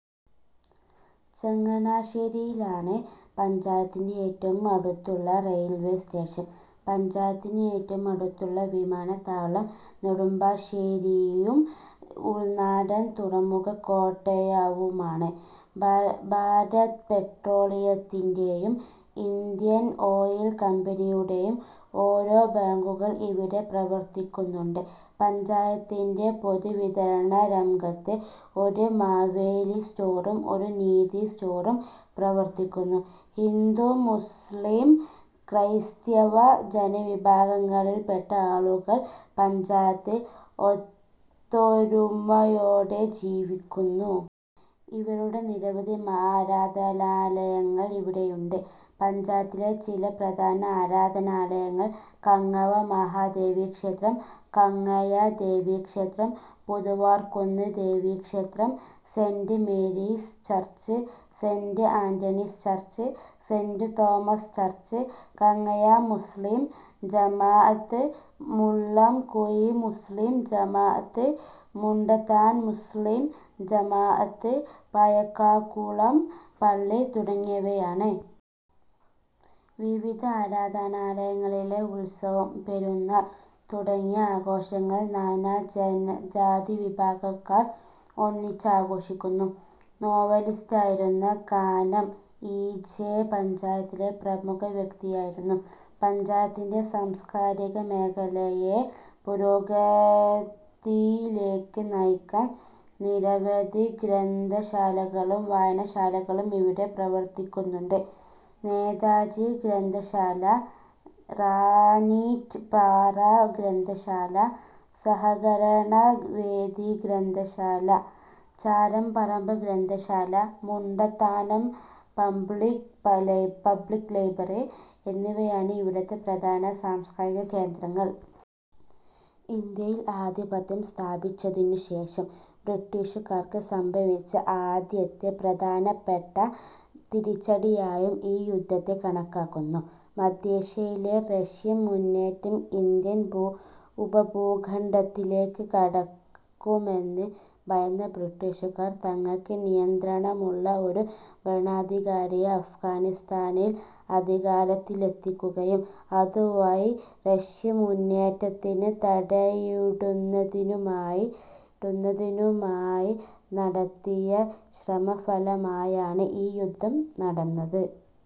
ചങ്ങനാശ്ശേരിയാണ് പഞ്ചായത്തിന് ഏറ്റവും അടുത്തുള്ള റെയിൽവേ സ്റ്റേഷൻ. പഞ്ചായത്തിന് ഏറ്റവും അടുത്തുള്ള വിമാനത്താവളം നെടുമ്പാശ്ശേരിയും ഉൾനാടൻ തുറമുഖം കോട്ടയവുമാണ്. ഭാരത് പെട്രോളിയത്തിന്റെയും, ഇന്ത്യൻ ഓയിൽ കമ്പനിയുടെയും ഓരോ ബങ്കുകൾ ഇവിടെ പ്രവർത്തിക്കുന്നുണ്ട്. പഞ്ചായത്തിന്റെ പൊതുവിതരണരംഗത്ത് ഒരു മാവേലി സ്റ്റോറും ഒരു നീതി സ്റ്റോറും പ്രവർത്തിക്കുന്നു. ഹിന്ദു മുസ്ളിം ക്രൈസ്തവ ജനവിഭാഗങ്ങളിൽപെട്ട ആളുകൾ പഞ്ചായത്തിൽ ഒത്തൊരുമയോടെ ജീവിക്കുന്നു. ഇവരുടെ നിരവധി ആരാധനാലയങ്ങൾ ഇവിടെയുണ്ട്. പഞ്ചായത്തിലെ ചില പ്രധാന ആരാധനാലയങ്ങൾ കങ്ങവ മഹാദേവി ക്ഷേത്രം, കങ്ങഴ ദേവീക്ഷേത്രം, പുതുവാർക്കുന്ന് ദേവീക്ഷേത്രം, saint Mary's church, saint Anthony's church, saint Thomas church, Kangazha മുസ്ളീം ജമാ അത്ത്, മുള്ളംകുഴി മുസ്ളീം ജമാ അത്ത്, മുണ്ടത്താനം മുസ്ളീം ജമാഅത്ത്പഴുക്കാകുളം പള്ളി തുടങ്ങിയവയാണ്. വിവിധ ആരാധനാലയങ്ങളിലെ ഉത്സവം, പെരുന്നാൾ തുടങ്ങിയ ആഘോഷങ്ങൾ നാനാജാതിവിഭാഗക്കാർ ഒന്നിച്ചാഘോഷിക്കുന്നു. നോവലിസ്റ്റായിരുന്ന കാനം. ഇ. ജെ. പഞ്ചായത്തിലെ പ്രമുഖ വ്യക്തിയായിരുന്നു. പഞ്ചായത്തിന്റെ സാംസ്കാരിക മേഖലയെ പുരോഗതിയിലേക്ക് നയിക്കാൻ നിരവധി ഗ്രന്ഥശാലകളും വായനശാലകളും ഇവിടെ പ്രവർത്തിക്കുന്നുണ്ട്. നേതാജി ഗ്രന്ഥശാല, റാന്നീറ്റ് പാറ ഗ്രന്ഥശാല, സഹകരണവേദി ഗ്രന്ഥശാല, ചാരംപറമ്പ് ഗ്രന്ഥശാല, മുണ്ടത്താനം പബ്ളിക് ലൈബ്രറി എന്നിവയാണ് ഇവിടത്തെ പ്രധാന സാംസ്കാരിക കേന്ദ്രങ്ങൾ. ഇന്ത്യയിൽ ആധിപത്യം സ്ഥാപിച്ചതിനു ശേഷം ബ്രിട്ടീഷുകാർക്ക് സംഭവിച്ച ആദ്യത്തെ പ്രധാനപ്പെട്ട തിരിച്ചടിയായും ഈ യുദ്ധത്തെ കണക്കാക്കുന്നു. മദ്ധ്യേഷ്യയിലെ റഷ്യൻ മുന്നേറ്റം, ഇന്ത്യൻ ഉപഭൂഖണ്ഡത്തിലേക്ക് കടക്കുമെന്ന് ഭയന്ന ബ്രിട്ടീഷുകാർ, തങ്ങൾക്ക് നിയന്ത്രണമുള്ള ഒരു ഭരണാധികാരിയെ അഫ്ഗാനിസ്താനിൽ അധികാരത്തിലെത്തിക്കുകയും അതുവഴി റഷ്യൻ മുന്നേറ്റത്തിന് തടയിടുന്നതിനുമായി നടത്തിയ ശ്രമഫലമായാണ് ഈ യുദ്ധം നടന്നത്.